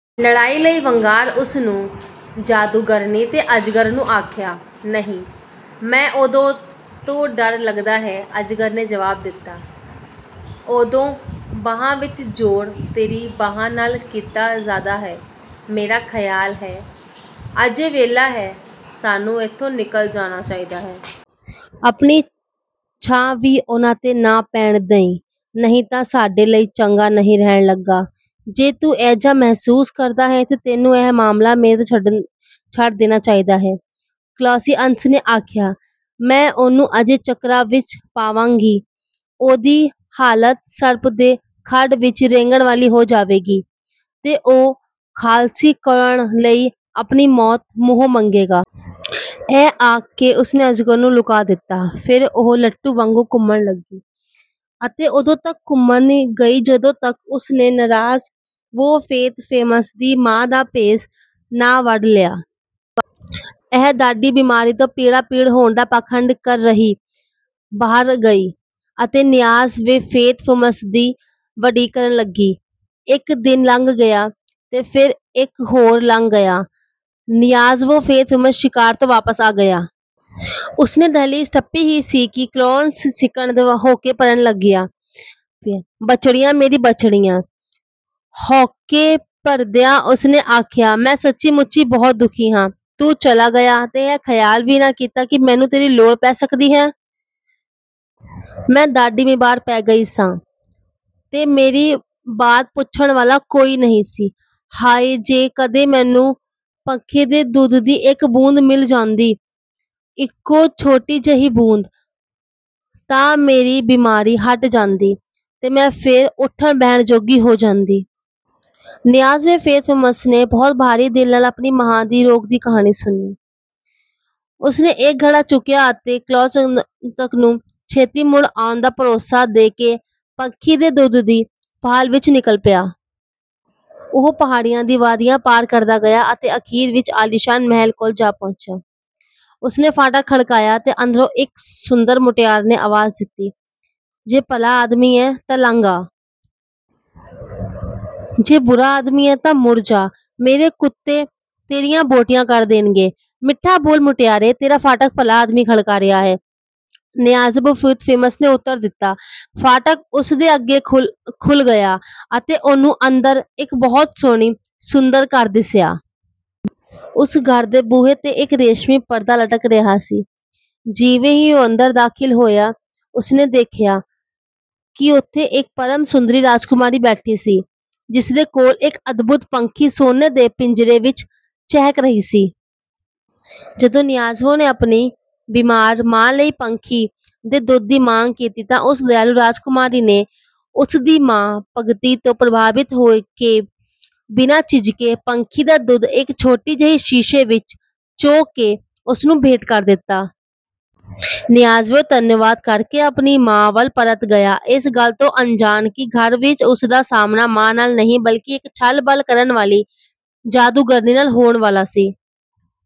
"ਲੜਾਈ ਲਈ ਵੰਗਾਰ ਉਸ ਨੂੰ!" ਜਾਦੂਗਰਨੀ ਨੇ ਅਜਗਰ ਨੂੰ ਆਖਿਆ। "ਨਹੀਂ, ਮੈਨੂੰ ਉਹਦੇ ਤੋਂ ਡਰ ਲੱਗਦਾ ਹੈ," ਅਜਗਰ ਨੇ ਜਵਾਬ ਦਿੱਤਾ, "ਉਹਦੀ ਬਾਂਹ ਵਿੱਚ ਜ਼ੋਰ ਮੇਰੀ ਬਾਂਹ ਨਾਲੋਂ ਕਿਤੇ ਜ਼ਿਆਦਾ ਹੈ। ਮੇਰਾ ਖ਼ਿਆਲ ਹੈ, ਅਜੇ ਵੇਲਾ ਹੈ, ਸਾਨੂੰ ਇੱਥੋਂ ਨਿਕਲ ਚੱਲਣਾ ਚਾਹੀਦਾ ਹੈ। ਆਪਣੀ ਛਾਂ ਵੀ ਉਹਦੇ 'ਤੇ ਨਾ ਪੈਣ ਦਈਏ, ਨਹੀਂ ਤਾਂ ਸਾਡੇ ਲਈ ਚੰਗਾ ਨਹੀਂ ਰਹਿਣ ਲੱਗਾ।" "ਜੇ ਤੂੰ ਇੰਜ ਮਹਿਸੂਸ ਕਰਦਾ ਹੈਂ, ਤਾਂ ਤੈਨੂੰ ਇਹ ਮਾਮਲਾ ਮੇਰੇ 'ਤੇ ਛੱਡ ਦੇਣਾ ਚਾਹੀਦਾ ਹੈ," ਕਲੋਆਂਤਸਾ ਨੇ ਆਖਿਆ, "ਮੈਂ ਉਸ ਨੂੰ ਅਜਿਹੇ ਚੱਕਰਾਂ ਵਿੱਚ ਪਾਵਾਂਗੀ ਕਿ ਉਹਦੀ ਹਾਲਤ ਸੱਪ ਦੀ ਖੁੱਡ ਵਿੱਚ ਰੀਂਗਣ ਵਾਲੀ ਹੋ ਜਾਏਗੀ, ਤੇ ਉਹ ਖ਼ਲਾਸੀ ਕਰਾਉਣ ਲਈ ਆਪਣੇ ਮੂੰਹੋਂ ਮੌਤ ਮੰਗੇਗਾ!" ਇਹ ਆਖ ਕੇ ਉਸ ਨੇ ਅਜਗਰ ਨੂੰ ਲੁਕਾ ਦਿੱਤਾ। ਫਿਰ ਉਹ ਲਾਟੂ ਵਾਂਗ ਘੁੰਮਣ ਲੱਗ ਪਈ ਅਤੇ ਉਦੋਂ ਤੱਕ ਘੁੰਮਦੀ ਗਈ, ਜਦੋਂ ਤੱਕ ਉਸ ਨੇ ਨਿਆਜ਼-ਬੋ ਫ਼ੇਤ-ਫ਼ਰੂਮੋਸ ਦੀ ਮਾਂ ਦਾ ਭੇਸ ਨਾ ਵਟਾ ਲਿਆ। ਉਹ ਡਾਢੀ ਬੀਮਾਰ ਤੇ ਪੀੜੋ-ਪੀੜ ਹੋਣ ਦਾ ਪਾਖੰਡ ਕਰ ਕੇ ਬਹਿ ਗਈ ਅਤੇ ਨਿਆਜ਼-ਬੋ ਫ਼ੇਤ-ਫ਼ਰੂਮੋਸ ਦੀ ਉਡੀਕ ਕਰਨ ਲੱਗੀ। ਇੱਕ ਦਿਨ ਲੰਘ ਗਿਆ ਤੇ ਫਿਰ ਇੱਕ ਹੋਰ ਲੰਘ ਗਿਆ। ਨਿਆਜ਼-ਬੋ ਫ਼ੇਤ-ਫ਼ਰੂਮੋਸ ਸ਼ਿਕਾਰ ਤੋਂ ਵਾਪਸ ਆ ਗਿਆ। ਉਸ ਨੇ ਦਹਿਲੀਜ਼ ਟੱਪੀ ਹੀ ਸੀ ਕਿ ਕਲੋਆਂਤਸਾ ਸਿਸਕਣ ਤੇ ਹਉਕੇ ਭਰਨ ਲੱਗ ਪਈ। "ਬੱਚੜਿਆ, ਮੇਰੇ ਬੱਚੜਿਆ!" ਹਉਕੇ ਭਰਦਿਆਂ ਉਸ ਨੇ ਆਖਿਆ, "ਮੈਂ ਸੱਚੀ-ਮੁੱਚੀ ਬਹੁਤ ਦੁਖੀ ਹਾਂ। ਤੂੰ ਚਲਾ ਗਿਆ ਤੇ ਇਹ ਖ਼ਿਆਲ ਵੀ ਨਾ ਕੀਤਾ ਕਿ ਮੈਨੂੰ ਤੇਰੀ ਲੋੜ ਪੈ ਸਕਦੀ ਹੈ। ਮੈਂ ਡਾਢੀ ਬੀਮਾਰ ਪੈ ਗਈ ਹਾਂ ਤੇ ਮੇਰੀ ਵਾਤ ਪੁੱਛਣ ਵਾਲਾ ਕੋਈ ਨਹੀਂ ਸੀ। ਹਾਇ! ਜੇ ਕਦੇ ਮੈਨੂੰ ਪੰਛੀ ਦੇ ਦੁੱਧ ਦੀ ਇੱਕ ਬੂੰਦ ਮਿਲ ਜਾਂਦੀ, ਇੱਕੋ ਛੋਟੀ ਜਿਹੀ ਬੂੰਦ... ਤਾਂ ਮੇਰੀ ਬੀਮਾਰੀ ਹਟ ਜਾਂਦੀ ਤੇ ਮੈਂ ਫਿਰ ਉੱਠਣ-ਬਹਿਣ ਜੋਗੀ ਹੋ ਜਾਂਦੀ।" ਨਿਆਜ਼-ਬੋ ਫ਼ੇਤ-ਫ਼ਰੂਮੋਸ ਨੇ ਬਹੁਤ ਹੀ ਭਾਰੇ ਦਿਲ ਨਾਲ ਆਪਣੀ ਮਾਂ ਦੇ ਰੋਗ ਦੀ ਕਹਾਣੀ ਸੁਣੀ। ਉਸ ਨੇ ਇੱਕ ਘੜਾ ਚੁੱਕਿਆ ਅਤੇ ਕਲੋਆਂਤਸਾ ਨੂੰ ਛੇਤੀ ਮੁੜ ਆਉਣ ਦਾ ਭਰੋਸਾ ਦੇ ਕੇ ਪੰਛੀ ਦੇ ਦੁੱਧ ਦੀ ਭਾਲ ਵਿੱਚ ਨਿਕਲ ਪਿਆ। ਉਹ ਪਹਾੜੀਆਂ ਤੇ ਵਾਦੀਆਂ ਪਾਰ ਕਰਦਾ ਗਿਆ ਅਤੇ ਅਖ਼ੀਰ ਇੱਕ ਆਲੀਸ਼ਾਨ ਮਹਿਲ ਕੋਲ ਪਹੁੰਚਿਆ। ਉਸ ਨੇ ਫਾਟਕ ਖੜਕਾਇਆ, ਤਾਂ ਅੰਦਰੋਂ ਇੱਕ ਸੁੰਦਰ ਮੁਟਿਆਰ ਨੇ ਆਵਾਜ਼ ਦਿੱਤੀ: "ਜੇ ਭਲਾ ਆਦਮੀ ਹੈਂ, ਤਾਂ ਲੰਘ ਆ। ਜੇ ਬੁਰਾ ਆਦਮੀ ਹੈਂ, ਤਾਂ ਮੁੜ ਜਾ, ਨਹੀਂ ਤਾਂ ਮੇਰੇ ਕੁੱਤੇ ਤੇਰੀਆਂ ਬੋਟੀਆਂ ਕਰ ਦੇਣਗੇ!" "ਮਿੱਠ-ਬੋਲੀਏ ਮੁਟਿਆਰੇ, ਤੇਰਾ ਫਾਟਕ ਭਲਾ ਆਦਮੀ ਖੜਕਾ ਰਿਹਾ ਹੈ," ਨਿਆਜ਼-ਬੋ ਫ਼ੇਤ-ਫ਼ਰੂਮੋਸ ਨੇ ਉੱਤਰ ਦਿੱਤਾ। ਫਾਟਕ ਉਸ ਦੇ ਅੱਗੇ ਖੁੱਲ੍ਹ ਗਿਆ ਅਤੇ ਉਸ ਨੂੰ ਅੰਦਰ ਇੱਕ ਬਹੁਤ ਹੀ ਸੁੰਦਰ ਘਰ ਦਿਸਿਆ। ਉਸ ਘਰ ਦੇ ਬੂਹੇ 'ਤੇ ਇੱਕ ਰੇਸ਼ਮੀ ਪਰਦਾ ਲਟਕ ਰਿਹਾ ਸੀ। ਜਿਵੇਂ ਹੀ ਉਹ ਅੰਦਰ ਦਾਖ਼ਲ ਹੋਇਆ, ਉਸ ਨੇ ਵੇਖਿਆ ਕਿ ਉੱਥੇ ਇੱਕ ਪਰਮ-ਸੁੰਦਰ ਰਾਜਕੁਮਾਰੀ ਬੈਠੀ ਸੀ, ਜਿਸ ਦੇ ਕੋਲ ਇੱਕ ਅਦਭੁਤ ਪੰਛੀ ਸੋਨੇ ਦੇ ਪਿੰਜਰੇ ਵਿੱਚ ਚਹਿਕ ਰਿਹਾ ਸੀ। ਜਦੋਂ ਨਿਆਜ਼-ਬੋ ਨੇ ਆਪਣੀ ਬੀਮਾਰ ਮਾਂ ਲਈ ਪੰਛੀ ਦੇ ਦੁੱਧ ਦੀ ਮੰਗ ਕੀਤੀ, ਤਾਂ ਉਸ ਦਿਆਲੂ ਰਾਜਕੁਮਾਰੀ ਨੇ ਉਸ ਦੀ ਮਾਂ ਭਗਤੀ ਤੋਂ ਪ੍ਰਭਾਵਿਤ ਹੋ ਕੇ ਬਿਨਾਂ ਝਿਜਕ ਪੰਛੀ ਦਾ ਦੁੱਧ ਇੱਕ ਛੋਟੀ ਜਿਹੀ ਸੀਸ਼ੀ ਵਿੱਚ ਚੋ ਕੇ ਉਸ ਨੂੰ ਭੇਂਟ ਕਰ ਦਿੱਤਾ। ਨਿਆਜ਼-ਬੋ ਧੰਨਵਾਦ ਕਰ ਕੇ ਆਪਣੀ ਮਾਂ ਵੱਲ ਪਰਤ ਪਿਆ, ਇਸ ਗੱਲ ਤੋਂ ਅਣਜਾਣ ਕਿ ਘਰ ਵਿੱਚ ਉਸ ਦਾ ਸਾਹਮਣਾ ਮਾਂ ਨਾਲ ਨਹੀਂ, ਬਲਕਿ ਇੱਕ ਛੱਲਬਲ ਕਰਨ ਵਾਲੀ ਜਾਦੂਗਰਨੀ ਨਾਲ ਹੋਣ ਵਾਲਾ ਸੀ।